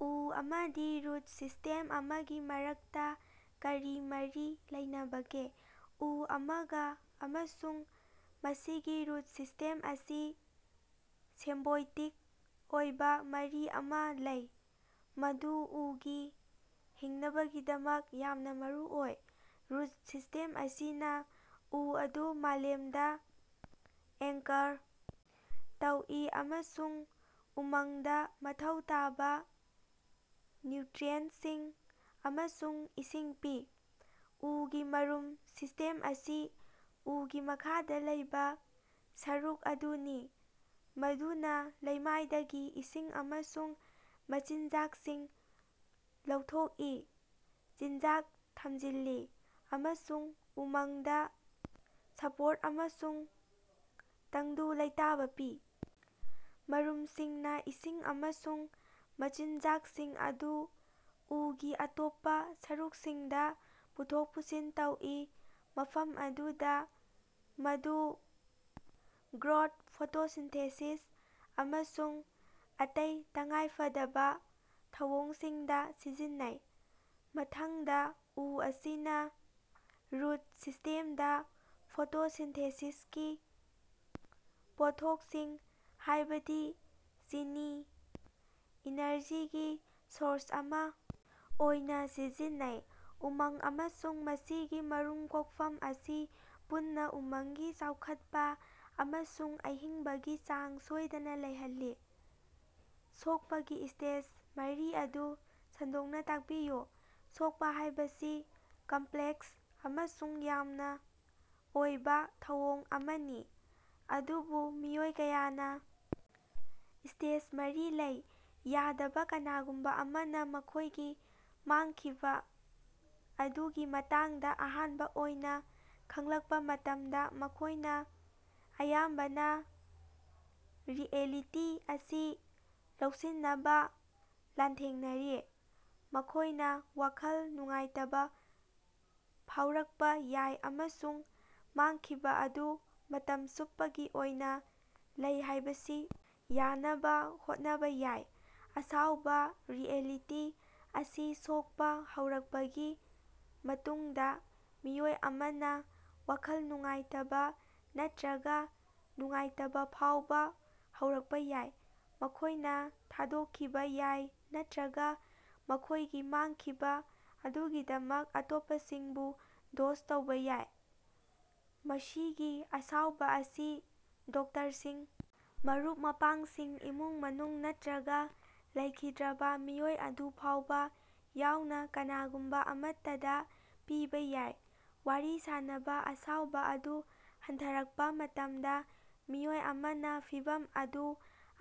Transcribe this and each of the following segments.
ꯎ ꯑꯃꯗꯤ root system ꯑꯃꯒꯤ ꯃꯔꯛꯇꯥ ꯀꯔꯤ ꯃꯔꯤ ꯂꯩꯅꯕꯒꯦ? ꯎ ꯑꯃꯒꯥ ꯑꯃꯁꯨꯡ ꯃꯁꯤꯒꯤ ꯔꯨꯠ ꯁꯤꯁ꯭ꯇꯦꯝ ꯑꯁꯤ ꯁꯤꯝꯕꯣꯏꯇꯤꯛ ꯑꯣꯏꯕꯥ ꯃꯔꯤ ꯑꯃꯥ ꯂꯩ ꯃꯗꯨ ꯎꯒꯤ ꯍꯤꯡꯅꯕꯒꯤꯗꯃꯛ ꯌꯥꯝꯅꯥ ꯃꯔꯨꯑꯣꯏ꯫ ꯔꯨꯠ ꯁꯤꯁ꯭ꯇꯦꯝ ꯑꯁꯤꯅꯥ ꯎ ꯑꯗꯨ ꯃꯥꯂꯦꯝꯗꯥ ꯑꯦꯡꯀꯔ ꯇꯧꯏ ꯑꯃꯁꯨꯡ ꯎꯃꯪꯗꯥ ꯃꯊꯧ ꯇꯥꯕꯥ ꯅ꯭ꯌꯨꯇ꯭ꯔꯤꯑꯦꯟꯠꯁꯤꯡ ꯑꯃꯁꯨꯡ ꯏꯁꯤꯡ ꯄꯤ꯫ ꯎꯒꯤ ꯃꯔꯨꯝ ꯁꯤꯁ꯭ꯇꯦꯝ ꯑꯁꯤ ꯎꯒꯤ ꯃꯈꯥꯗꯥ ꯂꯩꯕꯥ ꯁꯔꯨꯛ ꯑꯗꯨꯅꯤ ꯃꯗꯨꯅꯥ ꯂꯩꯃꯥꯏꯗꯒꯤ ꯏꯁꯤꯡ ꯑꯃꯁꯨꯡ ꯃꯆꯤꯟꯖꯥꯛꯁꯤꯡ ꯂꯧꯊꯣꯛꯏ ꯆꯤꯟꯖꯥꯛ ꯊꯝꯖꯤꯜꯂꯤ ꯑꯃꯁꯨꯡ ꯎꯃꯪꯗꯥ ꯁꯄꯣꯔꯠ ꯑꯃꯁꯨꯡ ꯇꯪꯗꯨ ꯂꯩꯇꯥꯕꯥ ꯄꯤ꯫ ꯃꯔꯨꯝꯁꯤꯡꯅꯥ ꯏꯁꯤꯡ ꯑꯃꯁꯨꯡ ꯃꯆꯤꯟꯖꯥꯛꯁꯤꯡ ꯑꯗꯨ ꯎꯒꯤ ꯑꯇꯣꯞꯄꯥ ꯁꯔꯨꯛꯁꯤꯡꯗꯥ ꯄꯨꯊꯣꯛ ꯄꯨꯁꯤꯟ ꯇꯧꯏ ꯃꯐꯝ ꯑꯗꯨꯗꯥ ꯃꯗꯨ ꯒ꯭ꯔꯣꯊ ꯐꯣꯇꯣꯁꯤꯟꯊꯦꯁꯤꯁ ꯑꯃꯁꯨꯡ ꯑꯇꯩ ꯇꯉꯥꯏꯐꯗꯕꯥ ꯊꯧꯑꯣꯡꯁꯤꯡꯗꯥ ꯁꯤꯖꯤꯟꯅꯩ꯫ ꯃꯊꯪꯗꯥ ꯎ ꯑꯁꯤꯅꯥ ꯔꯨꯠ ꯁꯤꯁ꯭ꯇꯦꯝꯗꯥ ꯐꯣꯇꯣꯁꯤꯟꯊꯦꯁꯤꯁꯀꯤ ꯄꯣꯠꯊꯣꯛꯁꯤꯡ ꯍꯥꯏꯕꯗꯤ ꯆꯤꯅꯤ ꯏꯅꯔꯖꯤꯒꯤ ꯁꯣꯔꯁ ꯑꯃꯥ ꯑꯣꯏꯅꯥ ꯁꯤꯖꯤꯟꯅꯩ꯫ ꯎꯃꯪ ꯑꯃꯁꯨꯡ ꯃꯁꯤꯒꯤ ꯃꯔꯨꯝ ꯀꯣꯛꯐꯝ ꯑꯁꯤ ꯄꯨꯟꯅꯥ ꯎꯃꯪꯒꯤ ꯆꯥꯎꯈꯠꯄꯥ ꯑꯃꯁꯨꯡ ꯍꯤꯡꯕꯒꯤ ꯆꯥꯡ ꯁꯣꯏꯗꯅꯥ ꯂꯩꯍꯜꯂꯤ꯫ ꯁꯣꯛꯄꯒꯤ ꯁ꯭ꯇꯦꯖ ꯃꯔꯤ ꯑꯗꯨ ꯁꯟꯗꯣꯛꯅꯥ ꯇꯥꯛꯄꯤꯌꯨ꯫ ꯁꯣꯛꯄꯥ ꯍꯥꯏꯕꯁꯤ ꯀꯝꯄ꯭ꯂꯦꯛꯁ ꯑꯃꯁꯨꯡ ꯌꯥꯝꯅꯥ ꯑꯣꯏꯕꯥ ꯊꯧꯑꯣꯡ ꯑꯃꯅꯤ ꯑꯗꯨꯕꯨ ꯃꯤꯑꯣꯏ ꯀꯌꯥꯅꯥ ꯁ꯭ꯇꯦꯖ ꯃꯔꯤ ꯂꯩ ꯌꯥꯗꯕꯥ ꯀꯅꯥꯒꯨꯝꯕꯥ ꯑꯃꯅꯥ ꯃꯈꯣꯏꯒꯤ ꯃꯥꯡꯈꯤꯕꯥ ꯑꯗꯨꯒꯤ ꯃꯇꯥꯡꯗꯥ ꯑꯍꯥꯟꯕꯥ ꯑꯣꯏꯅꯥ ꯈꯪꯂꯛꯄꯥ ꯃꯇꯝꯗ ꯃꯈꯣꯏꯅꯥ ꯑꯌꯥꯝꯕꯅꯥ ꯔꯤꯑꯦꯂꯤꯇꯤ ꯑꯁꯤ ꯂꯧꯁꯤꯟꯅꯕꯥ ꯂꯥꯟꯊꯦꯡꯅꯔꯤ꯫ ꯃꯈꯣꯏꯅꯥ ꯋꯥꯈꯜ ꯅꯨꯡꯉꯥꯏꯇꯕꯥ ꯐꯥꯎꯔꯛꯄꯥ ꯌꯥꯏ ꯑꯃꯁꯨꯡ ꯃꯥꯡꯈꯤꯕꯥ ꯑꯗꯨ ꯃꯇꯝ ꯆꯨꯞꯄꯒꯤ ꯑꯣꯏꯅꯥ ꯂꯩ ꯍꯥꯏꯕꯁꯤ ꯌꯥꯅꯕꯥ ꯍꯣꯠꯅꯕꯥ ꯌꯥꯏ꯫ ꯑꯁꯥꯎꯕꯥ ꯔꯤꯑꯦꯂꯤꯇꯤ ꯑꯁꯤ ꯁꯣꯛꯄꯥ ꯍꯧꯔꯛꯄꯒꯤ ꯃꯇꯨꯡꯗꯥ ꯃꯤꯑꯣꯏ ꯑꯃꯅꯥ ꯋꯥꯈꯜ ꯅꯨꯡꯉꯥꯏꯇꯕꯥ ꯅꯠꯇ꯭ꯔꯒꯥ ꯅꯨꯡꯉꯥꯏꯇꯕꯥ ꯐꯥꯎꯕꯥ ꯍꯧꯔꯛꯄꯥ ꯌꯥꯏ꯫ ꯃꯈꯣꯏꯅꯥ ꯊꯥꯗꯣꯛꯈꯤꯕꯥ ꯌꯥꯏ ꯅꯠꯇ꯭ꯔꯒꯥ ꯃꯈꯣꯏꯒꯤ ꯃꯥꯡꯈꯤꯕꯥ ꯑꯗꯨꯒꯤꯗꯃꯛ ꯑꯇꯣꯞꯄꯁꯤꯡꯕꯨ ꯗꯣꯁ ꯇꯧꯕꯥ ꯌꯥꯏ꯫ ꯃꯁꯤꯒꯤ ꯑꯁꯥꯎꯕꯥ ꯑꯁꯤ ꯗꯣꯛꯇꯔꯁꯤꯡ ꯃꯔꯨꯞ ꯃꯄꯥꯡꯁꯤꯡ ꯏꯃꯨꯡ ꯃꯅꯨꯡ ꯅꯠꯇ꯭ꯔꯒꯥ ꯂꯩꯈꯤꯗ꯭ꯔꯕꯥ ꯃꯤꯑꯣꯏ ꯑꯗꯨ ꯐꯥꯎꯕꯥ ꯌꯥꯎꯅꯥ ꯀꯅꯥꯒꯨꯝꯕꯥ ꯑꯃꯠꯇꯗꯥ ꯄꯤꯕꯥ ꯌꯥꯏ꯫ ꯋꯥꯔꯤ ꯁꯥꯅꯕꯥ ꯑꯁꯥꯎꯕꯥ ꯑꯗꯨ ꯍꯟꯊꯔꯛꯄꯥ ꯃꯇꯝꯗꯥ ꯃꯤꯑꯣꯏ ꯑꯃꯅꯥ ꯐꯤꯚꯝ ꯑꯗꯨ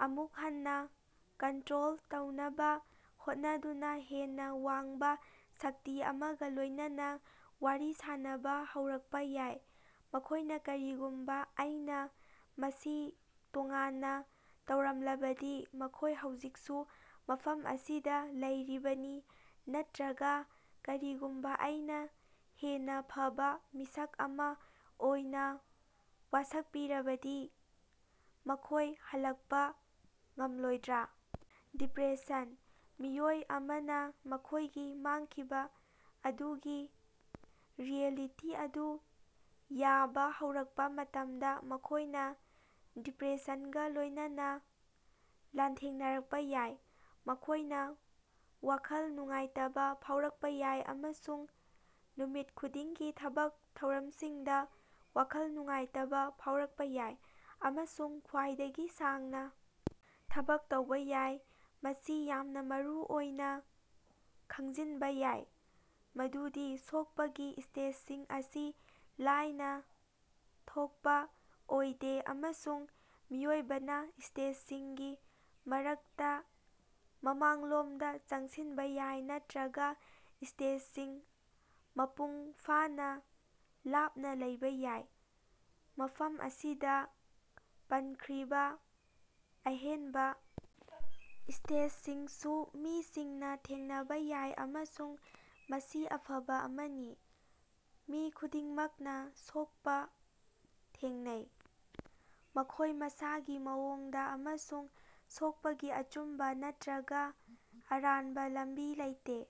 ꯑꯃꯨꯛ ꯍꯟꯅꯥ ꯀꯟꯇ꯭ꯔꯣꯜ ꯇꯧꯅꯕꯥ ꯍꯣꯠꯅꯗꯨꯅꯥ ꯍꯦꯟꯅꯥ ꯋꯥꯡꯕꯥ ꯁꯛꯇꯤ ꯑꯃꯒꯥ ꯂꯣꯏꯅꯅꯥ ꯋꯥꯔꯤ ꯁꯥꯅꯕꯥ ꯍꯧꯔꯛꯄꯥ ꯌꯥꯏ꯫ ꯃꯈꯣꯏꯅꯥ ꯀꯔꯤꯒꯨꯝꯕꯥ ꯑꯩꯅꯥ ꯃꯁꯤ ꯇꯣꯉꯥꯟꯅꯥ ꯇꯧꯔꯝꯂꯕꯗꯤ ꯃꯈꯣꯏ ꯍꯧꯖꯤꯛꯁꯨ ꯃꯐꯝ ꯑꯁꯤꯗꯥ ꯂꯩꯔꯤꯕꯅꯤ ꯅꯠꯇ꯭ꯔꯒꯥ ꯀꯔꯤꯒꯨꯝꯕꯥ ꯑꯩꯅꯥ ꯍꯦꯟꯅꯥ ꯐꯕꯥ ꯃꯤꯁꯛ ꯑꯃꯥ ꯑꯣꯏꯅꯥ ꯋꯥꯁꯛꯄꯤꯔꯕꯗꯤ ꯃꯈꯣꯏ ꯍꯜꯂꯛꯄꯥ ꯉꯝꯂꯣꯏꯗ꯭ꯔꯥ? ꯗꯤꯄ꯭ꯔꯦꯁꯟ ꯃꯤꯑꯣꯏ ꯑꯃꯅꯥ ꯃꯈꯣꯏꯒꯤ ꯃꯥꯡꯈꯤꯕꯥ ꯑꯗꯨꯒꯤ ꯔꯤꯑꯦꯂꯤꯇꯤ ꯑꯗꯨ ꯌꯥꯕꯥ ꯍꯧꯔꯛꯄꯥ ꯃꯇꯝꯗ ꯃꯈꯣꯏꯅꯥ ꯗꯤꯄ꯭ꯔꯦꯁꯟꯒꯥ ꯂꯣꯏꯅꯅꯥ ꯂꯥꯟꯊꯦꯡꯅꯔꯛꯄꯥ ꯌꯥꯏ꯫ ꯃꯈꯣꯏꯅꯥ ꯋꯥꯈꯜ ꯅꯨꯡꯉꯥꯏꯇꯕꯥ ꯐꯥꯎꯔꯛꯄꯥ ꯌꯥꯏ ꯑꯃꯁꯨꯡ ꯅꯨꯃꯤꯠ ꯈꯨꯗꯤꯡꯒꯤ ꯊꯕꯛ ꯊꯧꯔꯝꯁꯤꯡꯗꯥ ꯋꯥꯈꯜ ꯅꯨꯡꯉꯥꯏꯇꯕꯥ ꯐꯥꯎꯔꯛꯄꯥ ꯌꯥꯏ꯫ ꯑꯃꯁꯨꯡ ꯈ꯭ꯋꯥꯏꯗꯒꯤ ꯁꯥꯡꯅꯥ ꯊꯕꯛ ꯇꯧꯕꯥ ꯌꯥꯏ꯫ ꯃꯁꯤ ꯌꯥꯝꯅꯥ ꯃꯔꯨꯑꯣꯏꯅꯥ ꯈꯪꯖꯤꯟꯕꯥ ꯌꯥꯏ ꯃꯗꯨꯗꯤ ꯁꯣꯛꯄꯒꯤ ꯁ꯭ꯇꯦꯖꯁꯤꯡ ꯑꯁꯤ ꯂꯥꯏꯅꯥ ꯊꯣꯛꯄꯥ ꯑꯣꯏꯗꯦ ꯑꯃꯁꯨꯡ ꯃꯤꯑꯣꯏꯕꯅꯥ ꯁ꯭ꯇꯦꯖꯁꯤꯡꯒꯤ ꯃꯔꯛꯇꯥ ꯃꯃꯥꯡꯂꯣꯝꯗꯥ ꯆꯪꯁꯤꯟꯕꯥ ꯌꯥꯏ ꯅꯠꯇ꯭ꯔꯒꯥ ꯁ꯭ꯇꯦꯖꯁꯤꯡ ꯃꯄꯨꯡ ꯐꯥꯅꯥ ꯂꯥꯞꯅꯥ ꯂꯩꯕꯥ ꯌꯥꯏ꯫ ꯃꯐꯝ ꯑꯁꯤꯗꯥ ꯄꯟꯈ꯭ꯔꯤꯕꯥ ꯑꯍꯦꯟꯕꯥ ꯁ꯭ꯇꯦꯖꯁꯤꯡꯁꯨ ꯃꯤꯁꯤꯡꯅꯥ ꯊꯦꯡꯅꯕꯥ ꯌꯥꯏ ꯑꯃꯁꯨꯡ ꯃꯁꯤ ꯑꯐꯕꯥ ꯑꯃꯅꯤ꯫ ꯃꯤ ꯈꯨꯗꯤꯡꯃꯛꯅꯥ ꯁꯣꯛꯄꯥ ꯊꯦꯡꯅꯩ꯫ ꯃꯈꯣꯏ ꯃꯁꯥꯒꯤ ꯃꯑꯣꯡꯗꯥ ꯑꯃꯁꯨꯡ ꯁꯣꯛꯄꯒꯤ ꯑꯆꯨꯝꯕꯥ ꯅꯠꯇ꯭ꯔꯒꯥ ꯑꯔꯥꯟꯕꯥ ꯂꯝꯕꯤ ꯂꯩꯇꯦ꯫